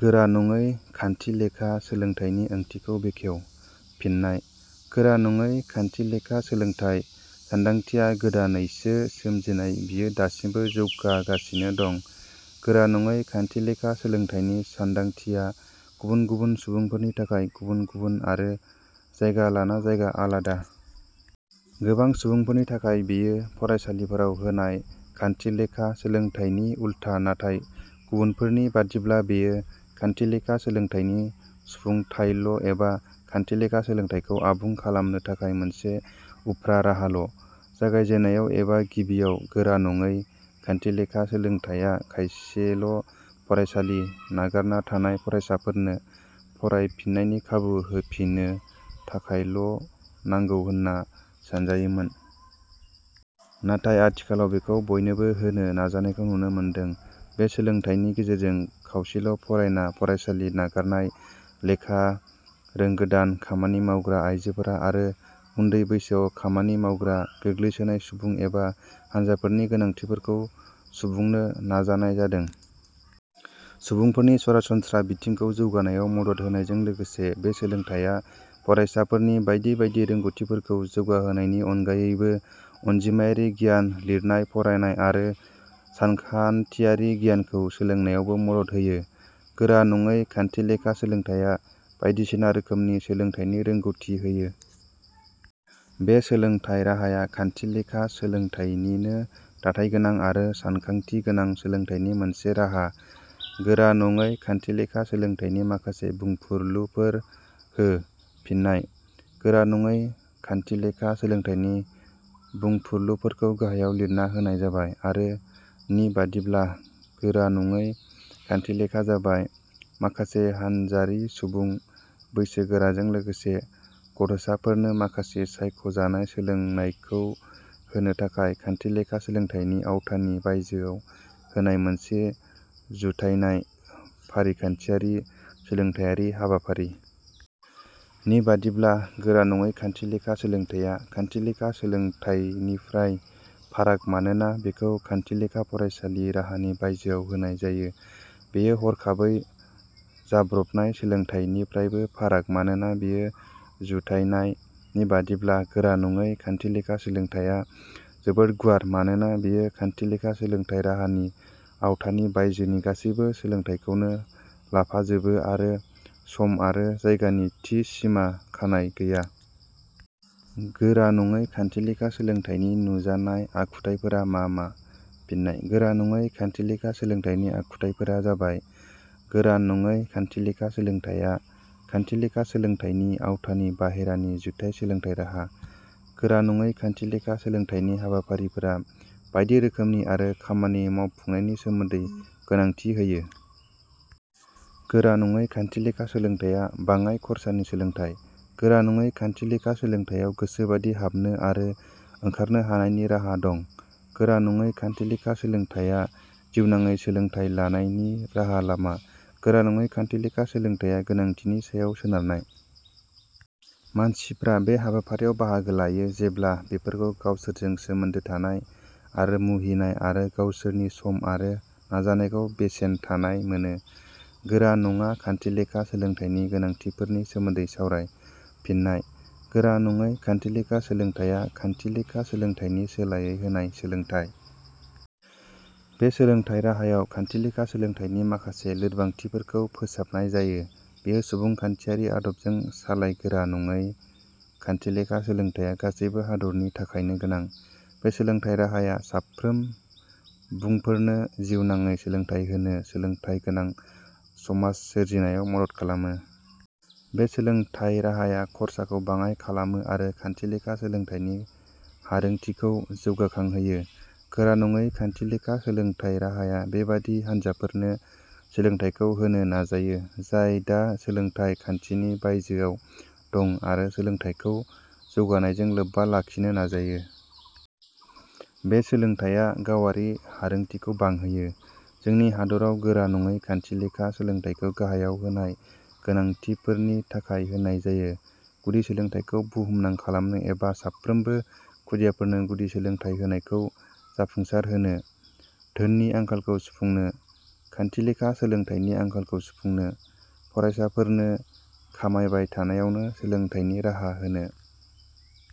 गोरा नङै खान्थिलेखा सोलोंथाइनि ओंथिखौ बेखेव। फिननाय: गोरा नङै खान्थिलेखा सोलोंथाइ ' सानदांथिया गोदाननैसो सोमजिनाय बियो दासिमबो जौगागासिनो दं। गोरा नङै खान्थिलेखा सोलोंथाइनि सानदांथिया गुबुन गुबुन सुबुंफोरनि थाखाय गुबुन गुबुन आरो जायगा लाना जायगा आलादा। गोबां सुबुंफोरनि थाखाय बेयो फरायसालिफोराव होनाय खान्थिलेखा सोलोंथाइनि उलथा नाथाय गुबुनफोरनि बादिब्ला बेयो खान्थिलेखा सोलोंथाइनि सुफुंथाय ल' एबा खान्थिलेखा सोलोंथाइखौ आबुं खालामनो थाखाय मोनसे उफ्रा राहाल'। जागायजेननायाव एबा गिबियाव गोरा नङै खान्थिलेखा सोलोंथाइया खायसेल' फरायसालि नागारना थानाय फरायसाफोरनो फरायफिननायनि खाबु होफिननो थाखायल'नांगौ होनना सानजायोमोन। नाथाय आथिखालाव बेखौ बयनोबो होनो नाजानायखौ नुनो मोनदों। बे सोलोंथाइनि गेजेरजों खावसेल ' फरायना फरायसालि नागारनाय, लेखा रोंगोदान, खामानि मावग्रा आइजोफोरा आरो उन्दै बैसोआव खामानि मावग्रा, गोग्लैसोनाय सुबुं एबा हानजाफोरनि गोनांथिफोरखौ सुबुंनो नाजानाय जादों। सुबुंफोरनि सरासनस्रा बिथिंखौ जौगानायाव मदद होनायजों लोगोसे बे सोलोंथाइया फरायसाफोरनि बायदि बायदि रोंगौथिफोरखौ जौगाहोनायनि अनगायैबो अनजिमायारि गियान, लिरनाय फरायनाय आरो सानखान्थियारि गियानखौ सोलोंनायावबो मदद होयो। गोरा नङै खान्थिलेखा सोलोंथाइया बायदिसिना रोखोमनि सोलोंथाइनि रोंगौथि होयो। बे सोलोंथाइ राहाया खान्थिलेखा सोलोंथाइनिनो दाथाइगोनां आरो सानखांथि गोनां सोलोंथाइनि मोनसे राहा।. गोरा नङै खान्थिलेखा सोलोंथाइनि माखासे बुंफुरलुफोर हो। फिन्नाय: गोरा नङै खान्थिलेखा सोलोंथाइनि बुंफुरलुफोरखौ गाहायाव लिरना होनाय जाबाय:. आरो नि बादिब्ला गोरानङै खान्थिलेखा जाबाय " माखासे हानजारि सुबुं, बैसोगोराजों लोगोसे गथ 'साफोरनो माखासे सायख' जानाय सोलोंनायखौ होनो थाखाय खान्थिलेखा सोलोंथाइनि आवथानि बायजोआव होनाय मोनसे जुथायनाय, फारिखान्थियारि, सोलोंथाइयारि हाबाफारि। "... नि बादिब्ला," गोरा नङै खान्थिलेखा सोलोंथाइया खान्थिलेखा सोलोंथाइनिफ्राय फाराग मानोना बेखौ खान्थिलेखा फरायसालि राहानि बायजोआव होनाय जायो। बेयो हरखाबै जाब्रबनाय सोलोंथाइनिफ्रायबो फाराग मानोना बेयो जुथायनाय। " नि बादिब्ला," गोरा नङै खान्थिलेखा सोलोंथाइया जोबोर गुवार मानोना बेयो खान्थिलेखा सोलोंथाइ राहानि आवथानि बायजोनि गासैबो सोलोंथाइखौनो लाफाजोबो आरो सम आरो जायगानि थि सिमा खानाय गैया। ".गोरान नङै खान्थिलेखा सोलोंथाइनि नुजानाय आखुथाइफोरा मा मा? फिन्नाय: गोरान नङै खान्थिलेखा सोलोंथाइनि आखुथाइफोरा जाबाय:. गोरान नङै खान्थिलेखा सोलोंथाइया खान्थिलेखा सोलोंथाइनि आवथानि बाहेरानि जुथाइ सोलोंथाइ राहा।. गोरा नङै खान्थिलेखा सोलोंथाइनि हाबाफारिफोरा बायदि रोखोमनि आरो खामानि मावफुंनायनि सोमोन्दै गोनांथि होयो।. गोरा नङै खान्थिलेखा सोलोंथाइया बाङाइ खरसानि सोलोंथाइ।. गोरा नङै खान्थिलेखा सोलोंथाइयाव गोसोबादि हाबनो आरो ओंखारनो हानायनि राहा दं।. गोरा नङै खान्थिलेखा सोलोंथाइया जिउनाङै सोलोंथाइ लानायनि राहा लामा।. गोरा नङै खान्थिलेखा सोलोंथाइया गोनांथिनि सायाव सोनारनाय। मानसिफ्रा बे हाबाफारियाव बाहागो लायो जेब्ला बेफोरखौ गावसोरजों सोमोन्दो थानाय आरो मुहिनाय आरो गावसोरनि सम आरो नाजानायखौ बेसेन थानाय मोनो।. गोरा नङा खान्थिलेखा सोलोंथाइनि गोनांथिफोरनि सोमोन्दै सावराय। फिन्नाय: गोरा नङै खान्थिलेखा सोलोंथाइया खान्थिलेखा सोलोंथाइनि सोलायै होनाय सोलोंथाइ। बे सोलोंथाइ राहायाव खान्थिलेखा सोलोंथाइनि माखासे लोरबांथिफोरखौ फोसाबनाय जायो। बेयो सुबुंखान्थियारि आदबजों सालाय गोरा नङै खान्थिलेखा सोलोंथाइया गासैबो हादरनि थाखायनो गोनां। बे सोलोंथाइ राहाया साफ्रोम बुंफोरनो जिउनांङै सोलोंथाइ होनो, सोलोंथाइ गोनां समास सोरजिनायाव मदद खालामो। बे सोलोंथाइ राहाया खरसाखौ बाङाय खालामो आरो खान्थिलेखा सोलोंथाइनि हारोंथिखौ जौगाखां होयो। गोरा नङै खान्थिलेखा सोलोंथाइ राहाया बेबादि हानजाफोरनो सोलोंथाइखौ होनो नाजायो जाय दा सोलोंथाइ खान्थिनि बायजोआव दं आरो सोलोंथाइखौ जौगानायजों लोब्बा लाखिनो नाजायो। बे सोलोंथाइया गावआरि हारोंथिखौ बांहोयो। जोंनि हादराव गोरा नङै खान्थिलेखा सोलोंथाइखौ गाहायाव होनाय गोनांथिफोरनि थाखाय होनाय जायो: गुदि सोलोंथाइखौ बुहुमनां खालामनो एबा साफ्रोमबो खुदियाफोरनो गुदि सोलोंथाइ होनायखौ जाफुंसार होनो।. धोननि आंखालखौ सुफुंनो।. खान्थिलेखा सोलोंथाइनि आंखालखौ सुफुंनो।. फरायसाफोरनो खामायबाय थानायावनो सोलोंथाइनि राहा होनो।.